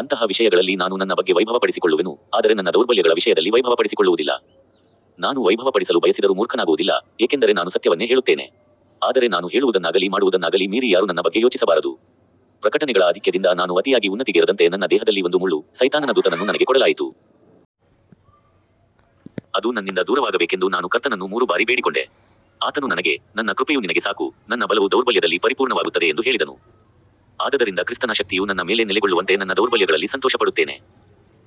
ಅಂತಹ ವಿಷಯಗಳಲ್ಲಿ ನಾನು ನನ್ನ ಬಗ್ಗೆ ವೈಭವಪಡಿಸಿಕೊಳ್ಳುವೆನು, ಆದರೆ ನನ್ನ ದೌರ್ಬಲ್ಯಗಳ ವಿಷಯದಲ್ಲಿ ವೈಭವಪಡಿಸಿಕೊಳ್ಳುವುದಿಲ್ಲ. ನಾನು ವೈಭವಪಡಿಸಲು ಬಯಸಿದರೂ ಮೂರ್ಖನಾಗುವುದಿಲ್ಲ, ಏಕೆಂದರೆ ನಾನು ಸತ್ಯವನ್ನೇ ಹೇಳುತ್ತೇನೆ. ಆದರೆ ನಾನು ಹೇಳುವುದನ್ನಾಗಲಿ ಮಾಡುವುದನ್ನಾಗಲಿ ಮೀರಿ ಯಾರೂ ನನ್ನ ಬಗ್ಗೆ ಯೋಚಿಸಬಾರದು. ಪ್ರಕಟನೆಗಳ ಅಧಿಕ್ಯದಿಂದ ನಾನು ಅತಿಯಾಗಿ ಉನ್ನತಿಗೇರದಂತೆ ನನ್ನ ದೇಹದಲ್ಲಿ ಒಂದು ಮುಳ್ಳು, ಸೈತಾನನ ದೂತನನ್ನು ನನಗೆ ಕೊಡಲಾಯಿತು. ಅದು ನನ್ನಿಂದ ದೂರವಾಗಬೇಕೆಂದು ನಾನು ಕರ್ತನನ್ನು ಮೂರು ಬಾರಿ ಬೇಡಿಕೊಂಡೆ. ಆತನು ನನಗೆ, ನನ್ನ ಕೃಪೆಯು ನಿನಗೆ ಸಾಕು, ನನ್ನ ಬಲವು ದೌರ್ಬಲ್ಯದಲ್ಲಿ ಪರಿಪೂರ್ಣವಾಗುತ್ತದೆ ಎಂದು ಹೇಳಿದನು. ಆದದರಿಂದ ಕ್ರಿಸ್ತನ ಶಕ್ತಿಯು ನನ್ನ ಮೇಲೆ ನೆಲೆಗೊಳ್ಳುವಂತೆ ನನ್ನ ದೌರ್ಬಲ್ಯಗಳಲ್ಲಿ ಸಂತೋಷಪಡುತ್ತೇನೆ.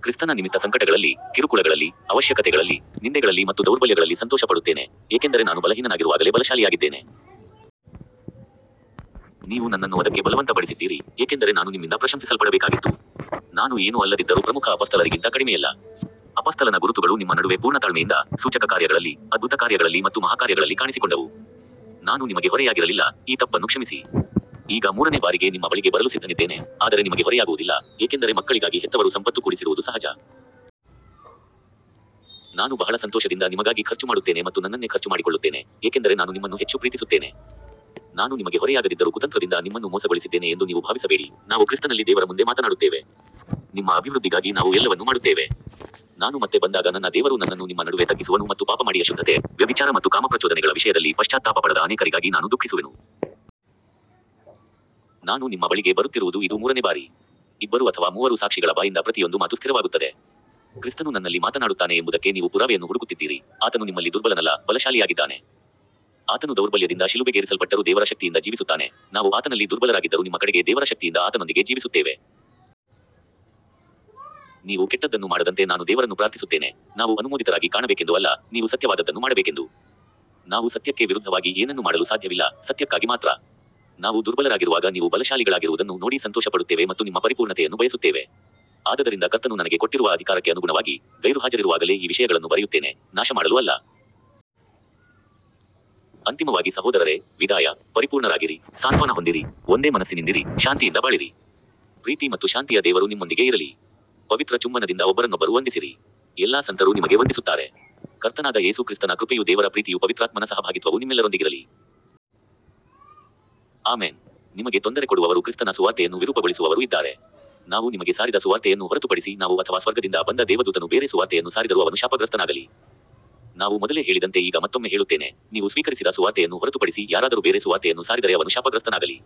ಕ್ರಿಸ್ತನ ನಿಮಿತ್ತ ಸಂಕಟಗಳಲ್ಲಿ, ಕಿರುಕುಳಗಳಲ್ಲಿ, ಅವಶ್ಯಕತೆಗಳಲ್ಲಿ, ನಿಂದೆಗಳಲ್ಲಿ ಮತ್ತು ದೌರ್ಬಲ್ಯಗಳಲ್ಲಿ ಸಂತೋಷಪಡುತ್ತೇನೆ, ಏಕೆಂದರೆ ನಾನು ಬಲಹೀನನಾಗಿರುವಾಗಲೇ ಬಲಶಾಲಿಯಾಗಿದ್ದೇನೆ. ನೀವು ನನ್ನನ್ನು ಅದಕ್ಕೆ ಬಲವಂತಪಡಿಸಿದ್ದೀರಿ, ಏಕೆಂದರೆ ನಾನು ನಿಮ್ಮಿಂದ ಪ್ರಶಂಸಿಸಲ್ಪಡಬೇಕಾಗಿತ್ತು. ನಾನು ಏನೂ ಅಲ್ಲದಿದ್ದರೂ ಪ್ರಮುಖ ಅಪೊಸ್ತಲರಿಗಿಂತ ಕಡಿಮೆಯಲ್ಲ. ಅಪೊಸ್ತಲನ ಗುರುತುಗಳು ನಿಮ್ಮ ನಡುವೆ ಪೂರ್ಣ ತಾಳ್ಮೆಯಿಂದ, ಸೂಚಕಕಾರ್ಯಗಳಲ್ಲಿ, ಅದ್ಭುತಕಾರ್ಯಗಳಲ್ಲಿ ಮತ್ತು ಮಹಾಕಾರ್ಯಗಳಲ್ಲಿ ಕಾಣಿಸಿಕೊಂಡವು. ನಾನು ನಿಮಗೆ ಹೊರೆಯಾಗಿರಲಿಲ್ಲ, ಈ ತಪ್ಪನ್ನು ಕ್ಷಮಿಸಿ. ಈಗ ಮೂರನೇ ಬಾರಿಗೆ ನಿಮ್ಮ ಬಳಿಗೆ ಬರಲು ಸಿದ್ಧನಿದ್ದೇನೆ, ಆದರೆ ನಿಮಗೆ ಹೊರೆಯಾಗುವುದಿಲ್ಲ, ಏಕೆಂದರೆ ಮಕ್ಕಳಿಗಾಗಿ ಹೆತ್ತವರು ಸಂಪತ್ತು ಕೂಡಿಸಿಡುವುದು ಸಹಜ. ನಾನು ಬಹಳ ಸಂತೋಷದಿಂದ ನಿಮಗಾಗಿ ಖರ್ಚುಮಾಡುತ್ತೇನೆ ಮತ್ತು ನನ್ನನ್ನೇ ಖರ್ಚುಮಾಡಿಕೊಳ್ಳುತ್ತೇನೆ, ಏಕೆಂದರೆ ನಾನು ನಿಮ್ಮನ್ನು ಹೆಚ್ಚು ಪ್ರೀತಿಸುತ್ತೇನೆ. ನಾನು ನಿಮಗೆ ಹೊರೆಯಾಗದಿದ್ದರೂ ಕುತಂತ್ರದಿಂದ ನಿಮ್ಮನ್ನು ಮೋಸಗೊಳಿಸಿದ್ದೇನೆ ಎಂದು ನೀವು ಭಾವಿಸಬೇಡಿ, ನಾವು ಕ್ರಿಸ್ತನಲ್ಲಿ ದೇವರ ಮುಂದೆ ಮಾತನಾಡುತ್ತೇವೆ. ನಿಮ್ಮ ಅಭಿವೃದ್ದಿಗಾಗಿ ನಾವು ಎಲ್ಲವನ್ನೂ ಮಾಡುತ್ತೇವೆ. ನಾನು ಮತ್ತೆ ಬಂದಾಗ ನನ್ನ ದೇವರು ನನ್ನನ್ನು ನಿಮ್ಮ ನಡುವೆ ತಗ್ಗಿಸುವನು ಮತ್ತು ಪಾಪಮಾಡಿ ಅಶುದ್ಧತೆ, ವ್ಯಭಿಚಾರ ಮತ್ತು ಕಾಮಪ್ರಚೋದನೆಗಳ ವಿಷಯದಲ್ಲಿ ಪಶ್ಚಾತ್ತಾಪಪಡದ ಅನೇಕರಿಗಾಗಿ ನಾನು ದುಃಖಿಸುವೆನು. ನಾನು ನಿಮ್ಮ ಬಳಿಗೆ ಬರುತ್ತಿರುವುದು ಇದು ಮೂರನೇ ಬಾರಿ. ಇಬ್ಬರು ಅಥವಾ ಮೂವರು ಸಾಕ್ಷಿಗಳ ಬಾಯಿಂದ ಪ್ರತಿಯೊಂದು ಮಾತು ಸ್ಥಿರವಾಗುತ್ತದೆ. ಕ್ರಿಸ್ತನು ನನ್ನಲ್ಲಿ ಮಾತನಾಡುತ್ತಾನೆ ಎಂಬುದಕ್ಕೆ ನೀವು ಪುರಾವೆಯನ್ನು ಹುಡುಕುತ್ತಿದ್ದೀರಿ, ಆತನು ನಿಮ್ಮಲ್ಲಿ ದುರ್ಬಲನಲ್ಲ, ಬಲಶಾಲಿಯಾಗಿದ್ದಾನೆ. ಆತನು ದೌರ್ಬಲ್ಯದಿಂದ ಶಿಲುಬೆಗೇರಿಸಲ್ಪಟ್ಟರೂ ದೇವರ ಶಕ್ತಿಯಿಂದ ಜೀವಿಸುತ್ತಾನೆ, ನಾವು ಆತನಲ್ಲಿ ದುರ್ಬಲರಾಗಿದ್ದರೂ ನಿಮ್ಮ ಕಡೆಗೆ ದೇವರ ಶಕ್ತಿಯಿಂದ ಆತನೊಂದಿಗೆ ಜೀವಿಸುತ್ತೇವೆ. ನೀವು ಕೆಟ್ಟದ್ದನ್ನು ಮಾಡದಂತೆ ನಾನು ದೇವರನ್ನು ಪ್ರಾರ್ಥಿಸುತ್ತೇನೆ, ನಾವು ಅನುಮೋದಿತರಾಗಿ ಕಾಣಬೇಕೆಂದು ಅಲ್ಲ, ನೀವು ಸತ್ಯವಾದದ್ದನ್ನು ಮಾಡಬೇಕೆಂದು. ನಾವು ಸತ್ಯಕ್ಕೆ ವಿರುದ್ಧವಾಗಿ ಏನನ್ನೂ ಮಾಡಲು ಸಾಧ್ಯವಿಲ್ಲ, ಸತ್ಯಕ್ಕಾಗಿ ಮಾತ್ರ. ನಾವು ದುರ್ಬಲರಾಗಿರುವಾಗ ನೀವು ಬಲಶಾಲಿಗಳಾಗಿರುವುದನ್ನು ನೋಡಿ ಸಂತೋಷಪಡುತ್ತೇವೆ ಮತ್ತು ನಿಮ್ಮ ಪರಿಪೂರ್ಣತೆಯನ್ನು ಬಯಸುತ್ತೇವೆ. ಆದದರಿಂದ ಕರ್ತನು ನನಗೆ ಕೊಟ್ಟಿರುವ ಅಧಿಕಾರಕ್ಕೆ ಅನುಗುಣವಾಗಿ, ಗೈರುಹಾಜರಿರುವಾಗಲೇ ಈ ವಿಷಯಗಳನ್ನು ಬರೆಯುತ್ತೇನೆ, ನಾಶಮಾಡಲು ಅಲ್ಲ. ಅಂತಿಮವಾಗಿ ಸಹೋದರರೇ, ವಿದಾಯ, ಪರಿಪೂರ್ಣರಾಗಿರಿ, ಸಾಂತ್ವನ ಹೊಂದಿರಿ, ಒಂದೇ ಮನಸ್ಸಿನಿಂದಿರಿ, ಶಾಂತಿಯಿಂದ ಬಾಳಿರಿ. ಪ್ರೀತಿ ಮತ್ತು ಶಾಂತಿಯ ದೇವರು ನಿಮ್ಮೊಂದಿಗೆ ಇರಲಿ. ಪವಿತ್ರ ಚುಂಬನದಿಂದ ಒಬ್ಬರನ್ನೊಬ್ಬರು ವಂದಿಸಿರಿ. ಎಲ್ಲಾ ಸಂತರು ನಿಮಗೆ ವಂದಿಸುತ್ತಾರೆ. ಕರ್ತನಾದ ಯೇಸು ಕ್ರಿಸ್ತನ ಕೃಪೆಯೂ ದೇವರ ಪ್ರೀತಿಯೂ ಪವಿತ್ರಾತ್ಮನ ಸಹಭಾಗಿತ್ವವೂ ನಿಮ್ಮೆಲ್ಲರೊಂದಿಗಿರಲಿ. ಆಮೆನ್. ನಿಮಗೆ ತೊಂದರೆಕೊಡುವವರೂ ಕ್ರಿಸ್ತನ ಸುವಾರ್ತೆಯನ್ನು ವಿರೂಪಗೊಳಿಸುವವರೂ ಇದ್ದಾರೆ. ನಾವು ನಿಮಗೆ ಸಾರಿದ ಸುವಾರ್ತೆಯನ್ನು ಹೊರತುಪಡಿಸಿ ನಾವು ಅಥವಾ ಸ್ವರ್ಗದಿಂದ ಬಂದ ದೇವದೂತನು ಬೇರೆ ಸುವಾರ್ತೆಯನ್ನು ಸಾರಿದರೂ ಅವನು ಶಾಪಗ್ರಸ್ತನಾಗಲಿ. ನಾವು ಮೊದಲೇ ಹೇಳಿದಂತೆ ಈಗ ಮತ್ತೊಮ್ಮೆ ಹೇಳುತ್ತೇನೆ, ನೀವು ಸ್ವೀಕರಿಸಿದ ಸುವಾರ್ತೆಯನ್ನು ಹೊರತುಪಡಿಸಿ ಯಾರಾದರೂ ಬೇರೆ ಸುವಾರ್ತೆಯನ್ನು ಸಾರಿದರೆ ಅವನು ಶಾಪಗ್ರಸ್ತನಾಗಲಿ.